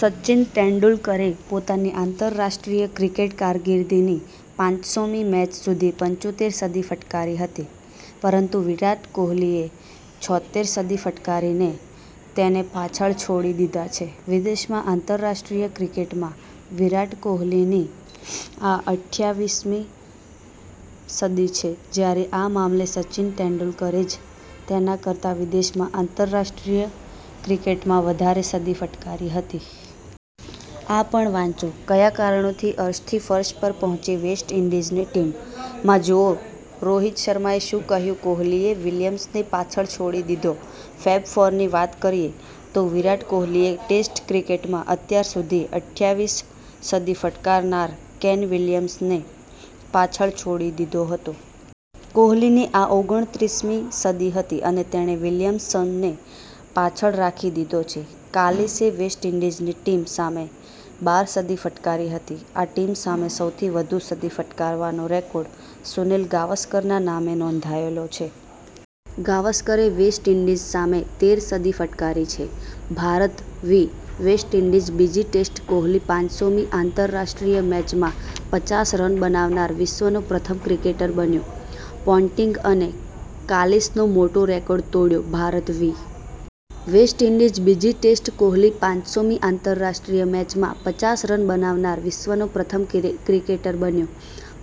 સચિન તેંડુલકરે પોતાની આંતરરાષ્ટ્રીય ક્રિકેટ કારકિર્દીની પાંચસો મી મેચ સુધી પંચોત્તેર સદી ફટકારી હતી. પરંતુ વિરાટ કોહલીએ છોતેર સદી ફટકારીને તેને પાછળ છોડી દીધા છે. વિદેશમાં આંતરરાષ્ટ્રીય ક્રિકેટમાં વિરાટ કોહલીની આ અઠ્યાવીસ મી સદી છે, જ્યારે આ મામલે સચિન તેંડુલકર જ તેના કરતા વિદેશમાં આંતરરાષ્ટ્રીય ક્રિકેટમાં વધારે સદી ફટકારી હતી. આ પણ વાંચો કયા કારણોથી અર્શથી ફર્શ પર પહોંચી વેસ્ટ ઇન્ડીઝની ટીમ, માં જુઓ રોહિત શર્માએ શું કહ્યું કોહલીએ વિલિયમ્સનને પાછળ છોડી દીધો ફેબ ફોરની વાત કરીએ તો વિરાટ કોહલીએ ટેસ્ટ ક્રિકેટમાં અત્યાર સુધી અઠ્યાવીસ સદી ફટકારનાર કેન વિલિયમ્સનને પાછળ છોડી દીધો હતો. કોહલીની આ ઓગણત્રીસ મી સદી હતી અને તેણે વિલિયમ્સનને પાછળ રાખી દીધો છે. કાલિસે વેસ્ટ ઇન્ડીઝની ટીમ સામે બાર સદી ફટકારી હતી. આ ટીમ સામે સૌથી વધુ સદી ફટકારવાનો રેકોર્ડ સુનિલ ગાવસ્કરના નામે નોંધાયેલો છે. ગાવસ્કરે વેસ્ટ ઇન્ડીઝ સામે તેર સદી ફટકારી છે. ભારત વિ. વેસ્ટ ઇન્ડીઝ બીજી ટેસ્ટ કોહલી પાંચસો મી આંતરરાષ્ટ્રીય મેચમાં પચાસ રન બનાવનાર વિશ્વનો પ્રથમ ક્રિકેટર બન્યો, પોન્ટિંગ અને કાલિસનો મોટો રેકોર્ડ તોડ્યો ભારત વિ. વેસ્ટ ઇન્ડીઝ બીજી ટેસ્ટ કોહલી પાંચસો મી આંતરરાષ્ટ્રીય મેચમાં પચાસ રન બનાવનાર વિશ્વનો પ્રથમ ક્રિકેટર બન્યો,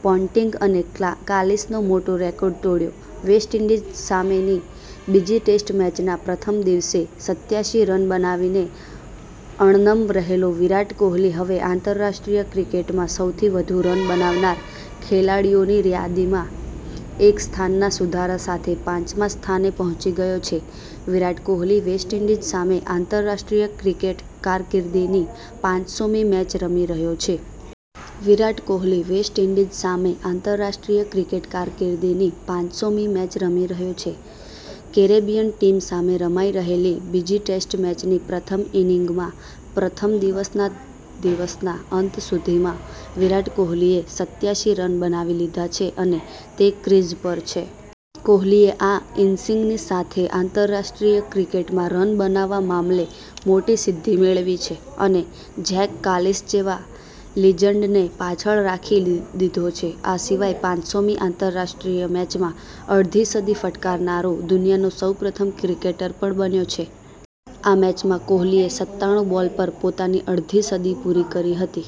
પોન્ટિંગ અને કાલિસનો મોટો રેકોર્ડ તોડ્યો વેસ્ટ ઈન્ડીઝ સામેની બીજી ટેસ્ટ મેચના પ્રથમ દિવસે સત્યાસી રન બનાવીને અણનમ રહેલો વિરાટ કોહલી હવે આંતરરાષ્ટ્રીય ક્રિકેટમાં સૌથી વધુ રન બનાવનાર ખેલાડીઓની યાદીમાં એક સ્થાનના સુધારા સાથે પાંચમા સ્થાને પહોંચી ગયો છે વિરાટ કોહલી વેસ્ટ ઈન્ડીઝ સામે આંતરરાષ્ટ્રીય ક્રિકેટ કારકિર્દીની પાંચસો મી મેચ રમી રહ્યો છે. વિરાટ કોહલી વેસ્ટ ઈન્ડીઝ સામે આંતરરાષ્ટ્રીય ક્રિકેટ કારકિર્દીની પાંચસો મી મેચ રમી રહ્યો છે. કેરેબિયન ટીમ સામે રમાઈ રહેલી બીજી ટેસ્ટ મેચની પ્રથમ ઈનિંગમાં પ્રથમ દિવસના દિવસના અંત સુધીમાં વિરાટ કોહલીએ સત્યાસી રન બનાવી લીધા છે અને તે ક્રિઝ પર છે. કોહલીએ આ ઈનિંગ્સની સાથે આંતરરાષ્ટ્રીય ક્રિકેટમાં રન બનાવવાના મામલે મોટી સિદ્ધિ મેળવી છે અને જેક કાલિસ જેવા લિજન્ડને પાછળ રાખી દીધો છે. આ સિવાય પાંચસો મી આંતરરાષ્ટ્રીય મેચમાં અડધી સદી ફટકારનારો દુનિયાનો સૌપ્રથમ ક્રિકેટર પણ બન્યો છે. આ મેચમાં કોહલીએ સત્તાણુ બોલ પર પોતાની અડધી સદી પૂરી કરી હતી.